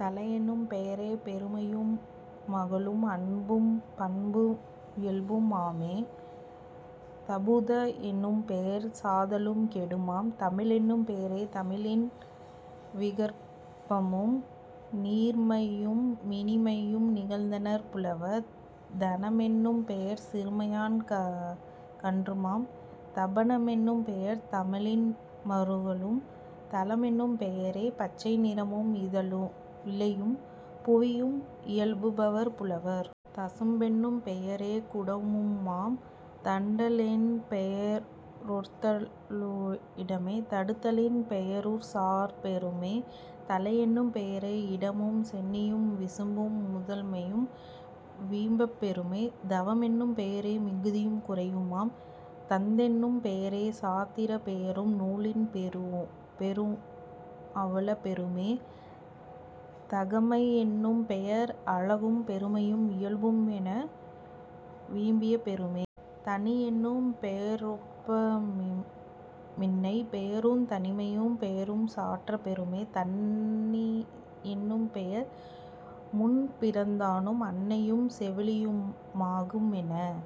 தகையெனும் பெயரே பெருமையு மழகும் அன்பும் பண்பு மியல்பு மாமே..... தபுத லெனும்பெயர் சாதலும் கேடுமாம்..... தமிழெனும் பெயரே தமிழின் விகற்பமும் நீர்மையு மினிமையு நிகழ்த்தினர் புலவர்..... தன்ன மெனும்பெயர் சிறுமையான் கன்றுமாம்..... தபன னெனும்பெயர் தழலு மருக்கனும்..... தலமெனும் பெயரே பச்சை நிறமும் இலையும் புவியும் இயம்புவர் புலவர்..... தசும்பெனும் பெயரே குடமு மிடாவுமாம்..... தட்ட லென்பெய ரொத்தறுத்த லினுடனே தடுத்தலின் பெயருஞ் சாற்றப் பெறுமே..... தலையெனும் பெயரே இடமும் சென்னியும் விசும்பு முதன்மையும் விளம்பப் பெறுமே..... தவவெனும் பெயரே மிகுதியும் குறைவுமாம்..... தந்தெனும் பெயரே சாத்திரப் பெயரும் நூலின் பெயரு நுவலப் பெறுமே..... தகைமை யெனும்பெயர் அழகும் பெருமையும் இயல்பு மெனவே யியம்பப் பெறுமே..... தனியெனும் பெயரொப் பின்மைப் பெயருந் தனிமையின் பெயருஞ் சாற்றப் பெறுமே..... தன்னை யெனும்பெயர் முன்பிறந் தானும் அன்னையும் செவிலியு மாகு மென்ப.....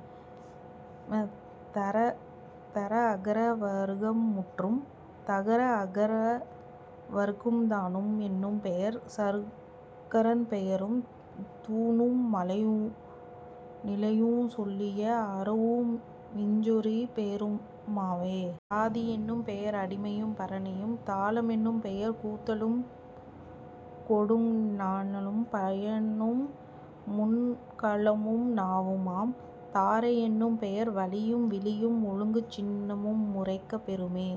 தகர அகர வருக்கம் முற்றும். தகர ஆகார வருக்கம் தாணு வெனும்பெயர் சங்கரன் பெயரும் தூணு மலையு நிலையுஞ் சொல்லிய ஆவு ரிஞ்சுதறிப் பெயரு மாவே..... தாதி யெனும்பெயர் அடிமையும் பரணியும்..... தால மெனும்பெயர் கூத்தற் கமுகொடு ஞாலமும் பனையு முண்கலமு நாவுமாம்..... தாரை யெனும்பெயர் வழியும் விழியும் ஒழுங்குஞ் சின்னமு முரைக்கப் பெறுமே.....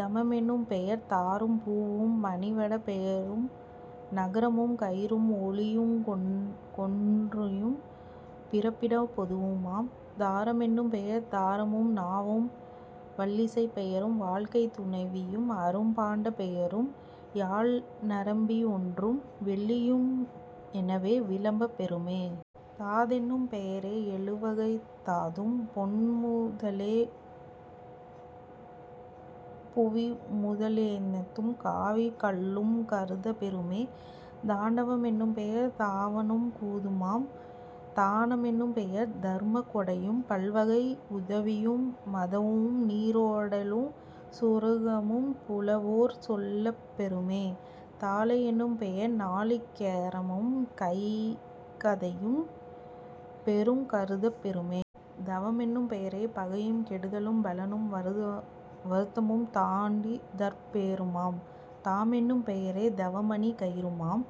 தாம மெனும்பெயர் தாரும் பூவும் மணிவடப் பெயரு நகரமுங் கயிறும் ஒளியுங் கொன்றையு மிருப்பிடப் பொதுவுமாம்..... தார மெனும்பெயர் தராவும் நாவும் வல்லிசைப் பெயரும் வாழ்க்கைத் துணைவியும் அரும்பண்டப் பெயரும் யாழ்நரம்பி லொன்றும் வெள்ளியு மெனவே விளம்பப் பெறுமே..... தாதெனும் பெயரே யெழுவகைத் தாதும் பொன்முத லேழும் புவிமுத லைந்தும் காவிக் கல்லுங் கருதப் பெறுமே..... தாண்டவ மெனும்பெயர் தாவலும் கூத்துமாம்..... தான மெனுபெயர் தருமக் கொடையும் பல்வகை யுதவியு மதமு நீராடலுஞ் சுவர்க்கமும் புலவோர் சொல்லப் பெறுமே..... தாழை யெனும்பெயர் நாளி கேரமும் கைதையின் பெயருங் கருதப் பெறுமே..... தாவெனும் பெயரே பகையும் கெடுதலும் பெலமும் வருத்தமும் தாண்டுதற் பெயருமாம்..... தாம்பெனும் பெயரே தாமணிக் கயிறுமாம்.....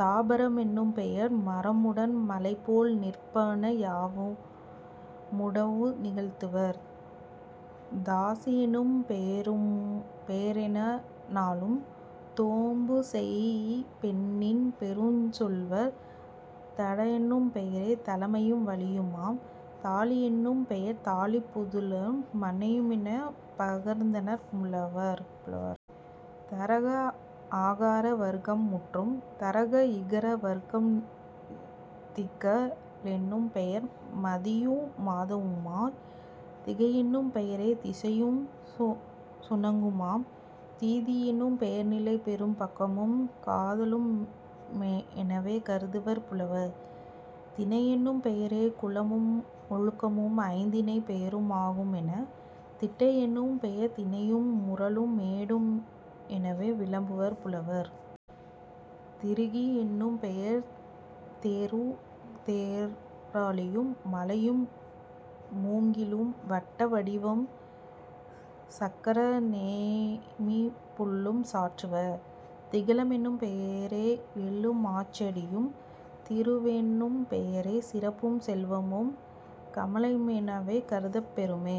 தாபர மெனும்பெயர் மரமுடன் மலைபோல் நிற்பன யாவையு முடம்பு நிகழ்த்துவர்..... தாசி யெனும்பெய ரியம னாளும் தொழும்பு செய்பெண்ணின் பெயருஞ் சொல்வர்..... தாடெனும் பெயரே தலைமையும் வலியுமாம்..... தாளி யெனும்பெயர் தாளிப் புதலும் பனையு மெனவே பகர்ந்தனர் புலவர்..... தகர ஆகார வருக்கம் முற்றும். தகர இகர வருக்கம் திங்க ளெனும்பெயர் மதியு மாதமுமாம்..... திகையெனும் பெயரே திசையுஞ் சுணங்குமாம்..... திதியெனும் பெயர்நிலை பேறும் பக்கமும் காத்தலு மெனவே கருதுவர் புலவர்..... திணையெனும் பெயரே குலமும் ஒழுக்கமும் ஐந்திணைப் பெயரு மாகு மென்ப..... திட்டை யெனும்பெயர் திண்ணையு முரலும் மேடு மெனவே விளம்புவர் புலவர்..... திகிரி யெனும்பெயர் தேருந் தேராழியும் மலையு மூங்கிலும் வட்ட வடிவும் சக்கரமு நேமிப் புள்ளும் சாற்றுவர்..... திலமெனும் பெயரே யெள்ளு மஞ்சாடியும்..... திருவெனும் பெயரே சிறப்பும் செல்வமும் கமலையு மெனவே கருதப் பெறுமே.